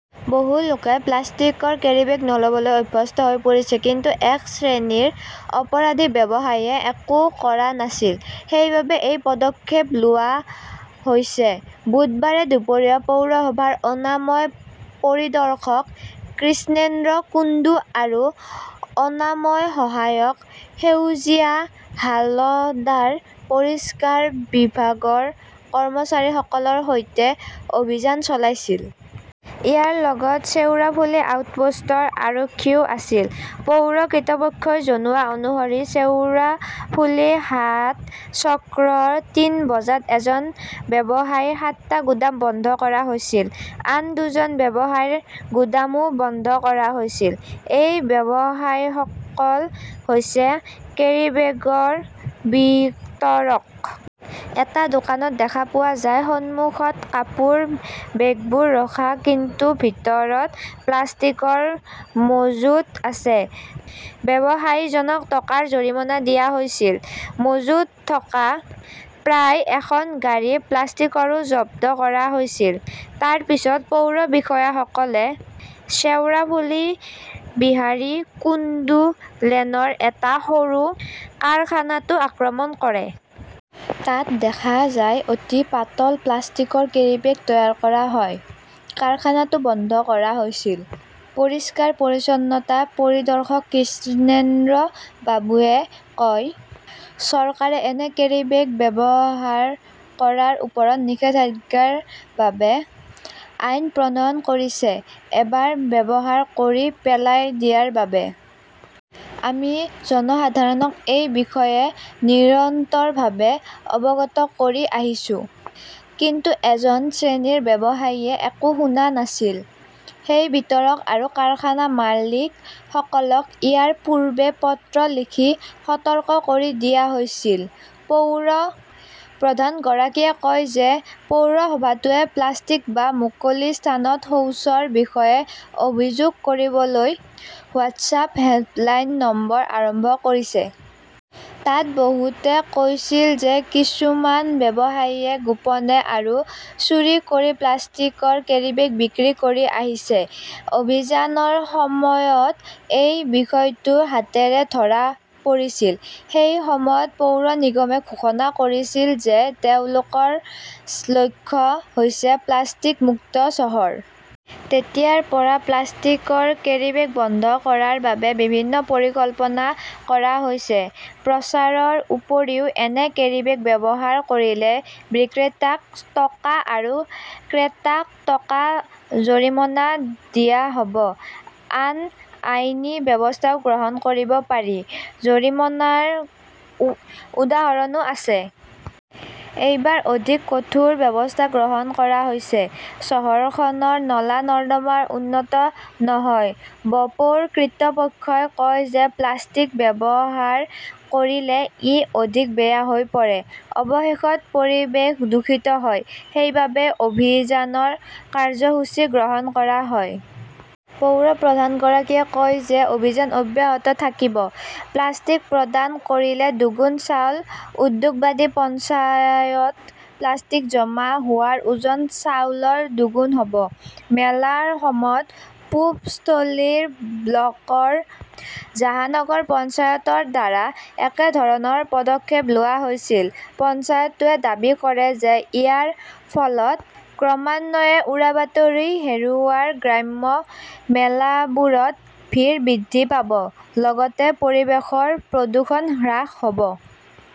বহু লোকে প্লাষ্টিকৰ কেৰীবেগ নলবলৈ অভ্যস্ত হৈ পৰিছে। কিন্তু এক শ্ৰেণীৰ অপৰাধী ব্যৱসায়ীয়ে একো কৰা নাছিল। সেইবাবেই এই পদক্ষেপ লোৱা হৈছে। বুধবাৰে দুপৰীয়া পৌৰসভাৰ অনাময় পৰিদৰ্শক কৃষ্ণেন্দ্ৰ কুণ্ডু আৰু অনাময় সহায়ক সেউজীয়া হালদাৰ পৰিষ্কাৰ বিভাগৰ কৰ্মচাৰীসকলৰ সৈতে অভিযান চলাইছিল। ইয়াৰ লগত শ্বেওৰাফুলি আউটপোষ্টৰ আৰক্ষীও আছিল। পৌৰ কৰ্তৃপক্ষই জনোৱা অনুসৰি শ্বেওৰাফুলি হাট চক্ৰৰ টিন বজাৰত এজন ব্যৱসায়ীৰ সাতটা গুদাম বন্ধকৰা হৈছিল। আন দুজন ব্যৱসায়ীৰ গুদামো বন্ধ কৰা হৈছিল। এই ব্যৱসায়ীসকল হৈছে কেৰিববেগৰ বিতৰক। এটা দোকানত দেখা পোৱা যায় সন্মুখত কাপোৰৰ বেগবোৰ ৰখা, কিন্তু ভিতৰত প্লাষ্টিকৰ মজুত আছে। ব্যৱসায়ীজনক টকাৰ জৰিমনা দিয়া হৈছিল। মজুত থকা প্ৰায় এখন গাড়ী প্লাষ্টিকও জব্দ কৰা হৈছিল। তাৰ পিছত পৌৰ বিষয়াসকলে শ্বেওৰাফুলীৰ বিহাৰী কুণ্ডু লেনৰ এটা সৰু কাৰখানাতো আক্ৰমণ কৰে। তাত দেখা যায় অতি পাতল প্লাষ্টিকৰ কেৰিবেগ তৈয়াৰ কৰা হয়। কাৰখানাটো বন্ধ কৰা হৈছিল। পৰিষ্কাৰ-পৰিচ্ছন্নতা পৰিদৰ্শক কৃষ্ণেন্দ্ৰবাবুৱে কয়, চৰকাৰে এনে কেৰীবেগ ব্যৱহাৰ কৰাৰ ওপৰত নিষেধাজ্ঞাৰ বাবে আইন প্ৰণয়ন কৰিছে এবাৰ ব্যৱহাৰ কৰি পেলাই দিয়াৰ বাবে। আমি জনসাধাৰণক এই বিষয়ে নিৰন্তৰভাৱে অৱগত কৰি আহিছোঁ। কিন্তু এজন শ্ৰেণীৰ ব্যৱসায়ীয়ে একো শুনা নাছিল। সেই বিতৰক আৰু কাৰখানাৰ মালিকসকলক ইয়াৰ পূৰ্বে পত্ৰ লিখি সতৰ্ক কৰি দিয়া হৈছিল। পৌৰ প্ৰধানগৰাকীয়ে কয় যে পৌৰসভাটোৱে প্লাষ্টিক বা মুকলি স্থানত শৌচৰ বিষয়ে অভিযোগ কৰিবলৈ হোৱাটছআপ হেল্প লাইন নম্বৰ আৰম্ভ কৰিছে। তাত বহুতে কৈছিল যে কিছুমান ব্যৱসায়ীয়ে গোপনে আৰু চুৰি কৰি প্লাষ্টিকৰ কেৰীবেগ বিক্ৰী কৰি আছে। অভিযানৰ সময়ত এই বিষয়টো হাতেৰে ধৰা পৰিছিল। সেই সময়ত পৌৰ নিগমে ঘোষণা কৰিছিল যে তেওঁলোকৰ লক্ষ্য হৈছে প্লাষ্টিক-মুক্ত চহৰ। তেতিয়াৰ পৰা প্লাষ্টিকৰ কেৰিবেগ বন্ধ কৰাৰ বাবে বিভিন্ন পৰিকল্পনা কৰা হৈছে। প্ৰচাৰৰ উপৰিও এনে কেৰীবেগ ব্যৱহাৰ কৰিলে বিক্ৰেতাক টকা আৰু ক্ৰেতাক টকা জৰিমনা দিয়া হ 'ব। আন আইনী ব্যৱস্থাও গ্ৰহণ কৰিব পাৰি। জৰিমনাৰ উদাহৰণো আছে। এইবাৰ অধিক কঠোৰ ব্যৱস্থা গ্ৰহণ কৰা হৈছে। চহৰখনৰ নলা-নৰ্দমা উন্নত নহয় বপৌৰ কৰ্তৃপক্ষই কয় যে প্লাষ্টিক ব্যৱহাৰ কৰিলে ই অধিক বেয়া হৈ পৰে। অৱশেষত, পৰিৱেশ দূষিত হয়। সেইবাবেই অভিযানৰ কাৰ্যসূচী গ্ৰহণ কৰা হয়। পৌৰ প্ৰধানগৰাকীয়ে কয় যে অভিযান অব্যাহত থাকিব। প্লাষ্টিক প্ৰদান কৰিলে দুগুণ চাউল, উদ্যোগবাদী পঞ্চায়ত প্লাষ্টিক জমা হোৱাৰ ওজন চাউলৰ দুগুণ হ'ব। মেলাৰ সময়ত পূবস্থলী ব্লকৰ জাহানগৰ পঞ্চায়তৰ দ্বাৰা একেধৰণৰ পদক্ষেপ লোৱা হৈছিল। পঞ্চায়তটোৱে দাবী কৰে যে ইয়াৰ ফলত ক্ৰমান্বয়ে উৰাবাতৰি হেৰুওৱা গ্ৰাম্য মেলাবোৰত ভিৰ বৃদ্ধি পাব, লগতে পৰিৱেশৰ প্ৰদূষণ হ্ৰাস হ 'ব।